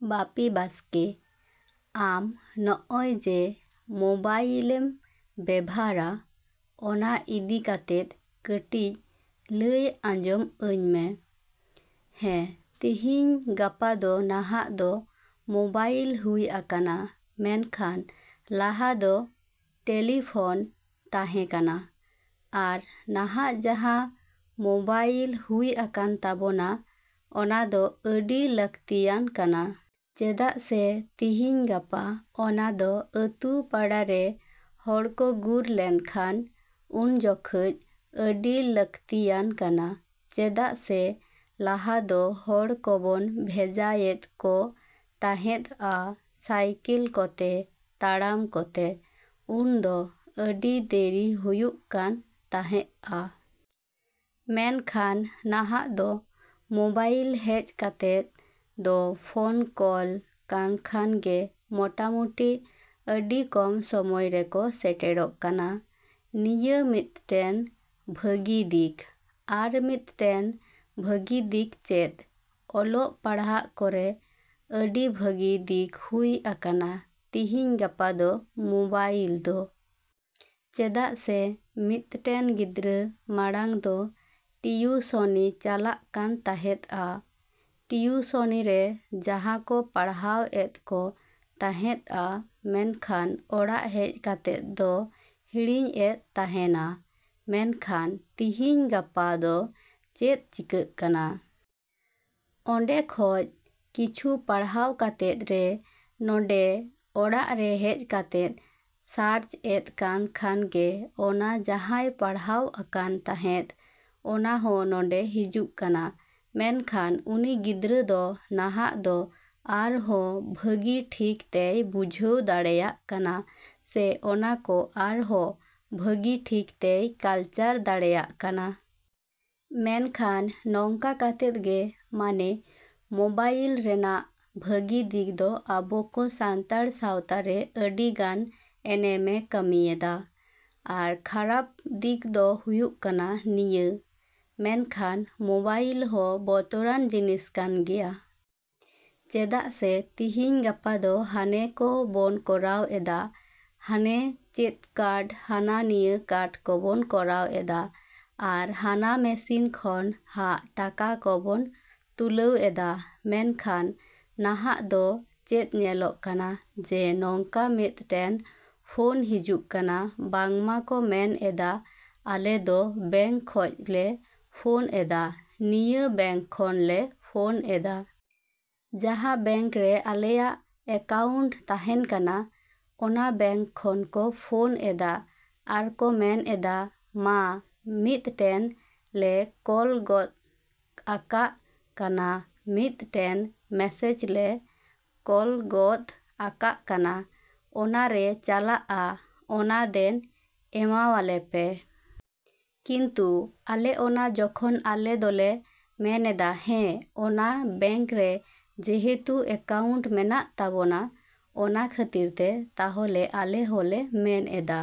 ᱵᱟᱯᱤ ᱵᱟᱥᱠᱮ, ᱟᱢ ᱱᱚᱜᱼᱚᱭ ᱡᱮ ᱢᱚᱵᱟᱭᱤᱞᱮᱢ ᱵᱮᱵᱷᱟᱨᱟ, ᱚᱱᱟ ᱤᱫᱤ ᱠᱟᱛᱮᱫ ᱠᱟᱹᱴᱤᱡ ᱞᱟᱹᱭ ᱟᱸᱡᱚᱢ ᱟᱹᱧ ᱢᱮ᱾ ᱦᱮᱸ, ᱛᱤᱦᱤᱧ ᱜᱟᱯᱟ ᱫᱚ ᱱᱟᱦᱟᱜ ᱫᱚ ᱢᱚᱵᱟᱭᱤᱞ ᱦᱩᱭ ᱟᱠᱟᱱᱟ, ᱢᱮᱱᱠᱷᱟᱱ ᱞᱟᱦᱟ ᱫᱚ ᱴᱮᱞᱤᱯᱷᱚᱱ ᱛᱟᱦᱮᱸ ᱠᱟᱱᱟ᱾ ᱟᱨ ᱱᱟᱦᱟᱜ ᱡᱟᱦᱟᱸ ᱢᱚᱵᱟᱭᱤᱞ ᱦᱩᱭ ᱟᱠᱟᱱ ᱛᱟᱵᱚᱱᱟ, ᱚᱱᱟᱫᱚ ᱟᱹᱰᱤ ᱞᱟᱹᱠᱛᱤᱭᱟᱱ ᱠᱟᱱᱟ᱾ ᱪᱮᱫᱟᱜ ᱥᱮ ᱛᱤᱦᱤᱧ ᱜᱟᱯᱟ ᱚᱱᱟᱫᱚ ᱟᱹᱛᱩ ᱯᱟᱲᱟ ᱨᱮ ᱦᱚᱲ ᱠᱚ ᱜᱩᱨ ᱞᱮᱱ ᱠᱷᱟᱱ ᱩᱱᱡᱚᱠᱷᱟᱹᱡ ᱟᱹᱰᱤ ᱞᱟᱹᱠᱛᱤᱭᱟᱱ ᱠᱟᱱᱟ᱾ ᱪᱮᱫᱟᱜ ᱥᱮ ᱞᱟᱦᱟ ᱫᱚ ᱦᱚᱲ ᱠᱚ ᱵᱚᱱ ᱵᱷᱮᱡᱟᱭᱮᱫ ᱠᱚ ᱛᱟᱦᱮᱸᱫᱼᱟ ᱥᱟᱭᱠᱮᱞ ᱠᱚᱛᱮ, ᱛᱟᱲᱟᱢ ᱠᱚᱛᱮ᱾ ᱩᱱᱫᱚ ᱟᱹᱰᱤ ᱫᱮᱨᱤ ᱦᱩᱭᱩᱜ ᱠᱟᱱ ᱛᱟᱦᱮᱸᱜᱼᱟ᱾ ᱢᱮᱱᱠᱷᱟᱱ ᱱᱟᱦᱟᱜ ᱫᱚ ᱢᱚᱵᱟᱭᱤᱞ ᱦᱮᱡ ᱠᱟᱛᱮᱫ ᱫᱚ ᱯᱷᱚᱱ ᱠᱚᱞ ᱠᱟᱱ ᱠᱷᱟᱱ ᱜᱮ ᱢᱚᱴᱟᱢᱩᱴᱤ ᱟᱹᱰᱤ ᱠᱚᱢ ᱥᱚᱢᱚᱭ ᱨᱮᱠᱚ ᱥᱮᱴᱮᱨᱚᱜ ᱠᱟᱱᱟ᱾ ᱱᱤᱭᱟᱹ ᱢᱤᱫᱴᱮᱱ ᱵᱷᱟᱹᱜᱤ ᱫᱤᱠ᱾ ᱟᱨ ᱢᱤᱫᱴᱮᱱ ᱵᱷᱟᱹᱜᱤ ᱫᱤᱠ ᱪᱮᱫ? ᱚᱞᱚᱜ ᱯᱟᱲᱦᱟᱜ ᱠᱚᱨᱮ ᱟᱹᱰᱤ ᱵᱷᱟᱹᱜᱤ ᱫᱤᱠ ᱦᱩᱭ ᱟᱠᱟᱱᱟ ᱛᱤᱦᱤᱧ ᱜᱟᱯᱟ ᱫᱚ ᱢᱚᱵᱟᱭᱤᱞ ᱫᱚ᱾ ᱪᱮᱫᱟᱜ ᱥᱮ ᱢᱤᱫᱴᱮᱱ ᱜᱤᱫᱽᱨᱟᱹ ᱢᱟᱲᱟᱝ ᱫᱚ ᱴᱤᱭᱩᱥᱚᱱᱤ ᱪᱟᱞᱟᱜ ᱠᱟᱱ ᱛᱟᱦᱮᱸᱫᱼᱟ᱾ ᱴᱤᱭᱩᱥᱚᱱᱤ ᱨᱮ ᱡᱟᱦᱟᱸ ᱠᱚ ᱯᱟᱲᱦᱟᱣ ᱮᱫ ᱠᱚ ᱛᱟᱦᱮᱸᱫᱼᱟ, ᱢᱮᱱᱠᱷᱟᱱ ᱚᱲᱟᱜ ᱦᱮᱡ ᱠᱟᱛᱮᱫ ᱫᱚ ᱦᱤᱲᱤᱧ ᱮᱫ ᱛᱟᱦᱮᱸᱱᱟ᱾ ᱢᱮᱱᱠᱷᱟᱱ ᱛᱤᱦᱤᱧ ᱜᱟᱯᱟ ᱫᱚ ᱪᱮᱫ ᱪᱤᱠᱟᱜ ᱠᱟᱱᱟ? ᱚᱸᱰᱮ ᱠᱷᱚᱡ ᱠᱤᱪᱷᱩ ᱯᱟᱲᱦᱟᱣ ᱠᱟᱛᱮᱫ ᱨᱮ ᱱᱚᱰᱮ ᱚᱲᱟᱜ ᱨᱮ ᱦᱮᱡ ᱠᱟᱛᱮᱫ ᱥᱟᱨᱪ ᱮᱫ ᱠᱟᱱ ᱠᱷᱟᱱ ᱜᱮ ᱚᱱᱟ ᱡᱟᱦᱟᱸᱭ ᱯᱟᱲᱦᱟᱣ ᱟᱠᱟᱱ ᱛᱟᱦᱮᱸᱫ, ᱚᱱᱟ ᱦᱚᱸ ᱱᱚᱰᱮ ᱦᱤᱡᱩᱜ ᱠᱟᱱᱟ᱾ ᱢᱮᱱᱠᱷᱟᱱ ᱩᱱᱤ ᱜᱤᱫᱽᱨᱟᱹ ᱫᱚ ᱱᱟᱦᱟᱜ ᱫᱚ ᱟᱨᱦᱚᱸ ᱵᱷᱟᱹᱜᱤ ᱴᱷᱤᱠ ᱛᱮᱭ ᱵᱩᱡᱷᱟᱹᱣ ᱫᱟᱲᱮᱭᱟᱜ ᱠᱟᱱᱟ ᱥᱮ ᱚᱱᱟ ᱠᱚ ᱟᱨᱦᱚᱸ ᱵᱷᱟᱹᱜᱤ ᱴᱷᱤᱠ ᱛᱮᱭ ᱠᱟᱞᱪᱟᱨ ᱫᱟᱲᱮᱭᱟᱜ ᱠᱟᱱᱟ᱾ ᱢᱮᱱᱠᱷᱟᱱ ᱱᱚᱝᱠᱟ ᱠᱟᱛᱮᱫ ᱜᱮ ᱢᱟᱱᱮ ᱢᱚᱵᱟᱭᱤᱞ ᱨᱮᱱᱟᱜ ᱵᱷᱟᱹᱜᱤ ᱫᱤᱠ ᱫᱚ ᱟᱵᱚ ᱠᱚ ᱥᱟᱱᱛᱟᱲ ᱥᱟᱶᱛᱟ ᱨᱮ ᱟᱹᱰᱤ ᱜᱟᱱ ᱮᱱᱮᱢᱮ ᱠᱟᱹᱢᱤᱭᱮᱫᱟ᱾ ᱟᱨ ᱠᱷᱟᱨᱟᱯ ᱫᱤᱠ ᱫᱚ ᱦᱩᱭᱩᱜ ᱠᱟᱱᱟ ᱱᱤᱭᱟᱹ᱾ ᱢᱮᱱᱠᱷᱟᱱ ᱢᱚᱵᱟᱭᱤᱞ ᱦᱚᱸ ᱵᱚᱛᱚᱨᱟᱱ ᱡᱤᱱᱤᱥ ᱠᱟᱱ ᱜᱮᱭᱟ᱾ ᱪᱮᱫᱟᱜ ᱥᱮ ᱛᱤᱦᱤᱧ ᱜᱟᱯᱟ ᱫᱚ ᱦᱟᱱᱮ ᱠᱚ ᱵᱚᱱ ᱠᱚᱨᱟᱣ ᱮᱫᱟ, ᱦᱟᱱᱮ ᱪᱮᱫ ᱠᱟᱨᱰ, ᱦᱟᱱᱟ ᱱᱤᱭᱟᱹ ᱠᱟᱨᱰ ᱠᱚ ᱵᱚᱱ ᱠᱚᱨᱟᱣ ᱮᱫᱟ ᱟᱨ ᱦᱟᱱᱟ ᱢᱮᱥᱤᱱ ᱠᱷᱚᱱ ᱦᱟᱜ ᱴᱟᱠᱟ ᱠᱚ ᱵᱚᱱ ᱛᱩᱞᱟᱹᱣ ᱮᱫᱟ᱾ ᱢᱮᱱᱠᱷᱟᱱ ᱱᱟᱦᱟᱜ ᱫᱚ ᱪᱮᱫ ᱧᱮᱞᱚᱜ ᱠᱟᱱᱟ ᱡᱮ ᱱᱚᱝᱠᱟ ᱢᱤᱫᱴᱮᱱ ᱯᱷᱳᱱ ᱦᱤᱡᱩᱜ ᱠᱟᱱᱟ ᱵᱟᱝ ᱢᱟ ᱠᱚ ᱢᱮᱱ ᱮᱫᱟ ᱟᱞᱮᱫᱚ ᱵᱮᱝᱠ ᱠᱷᱚᱡ ᱞᱮ ᱯᱷᱳᱱ ᱮᱫᱟ, ᱱᱤᱭᱟᱹ ᱵᱮᱝᱠ ᱠᱷᱚᱱ ᱞᱮ ᱯᱷᱳᱱ ᱮᱫᱟ᱾ ᱡᱟᱦᱟᱸ ᱵᱮᱝᱠ ᱨᱮ ᱟᱞᱮᱭᱟᱜ ᱮᱠᱟᱣᱩᱱᱴ ᱛᱟᱦᱮᱸᱱ ᱠᱟᱱᱟ, ᱚᱱᱟ ᱵᱮᱝᱠ ᱠᱷᱚᱱ ᱠᱚ ᱯᱷᱳᱱ ᱮᱫᱟ ᱟᱨ ᱠᱚ ᱢᱮᱱ ᱮᱫᱟ ᱢᱟ ᱢᱤᱫᱴᱮᱱ ᱞᱮ ᱠᱚᱞ ᱜᱚᱫ ᱟᱠᱟᱜ ᱠᱟᱱᱟ, ᱢᱤᱫᱴᱮᱱ ᱢᱮᱥᱮᱡ ᱞᱮ ᱠᱚᱞ ᱜᱚᱫ ᱟᱠᱟᱜ ᱠᱟᱱᱟ᱾ ᱚᱱᱟ ᱨᱮ ᱪᱟᱞᱟᱜᱼᱟ, ᱚᱱᱟ ᱫᱮᱱ ᱮᱢᱟᱣᱟᱞᱮ ᱯᱮ᱾ ᱠᱤᱱᱛᱩ ᱟᱞᱮ ᱚᱱᱟ ᱡᱚᱠᱷᱚᱱ ᱟᱞᱮ ᱫᱚᱞᱮ ᱢᱮᱱᱮᱫᱟ ᱦᱮᱸ ᱚᱱᱟ ᱵᱮᱝᱠ ᱨᱮ ᱡᱮᱦᱮᱛᱩ ᱟᱠᱟᱣᱩᱱᱴ ᱢᱮᱱᱟᱜ ᱛᱟᱵᱚᱱᱟ, ᱚᱱᱟ ᱠᱷᱟᱹᱛᱤᱨ ᱛᱮ ᱛᱟᱦᱚᱞᱮ ᱟᱞᱮ ᱦᱚᱸᱞᱮ ᱢᱮᱱ ᱮᱫᱟᱼᱼ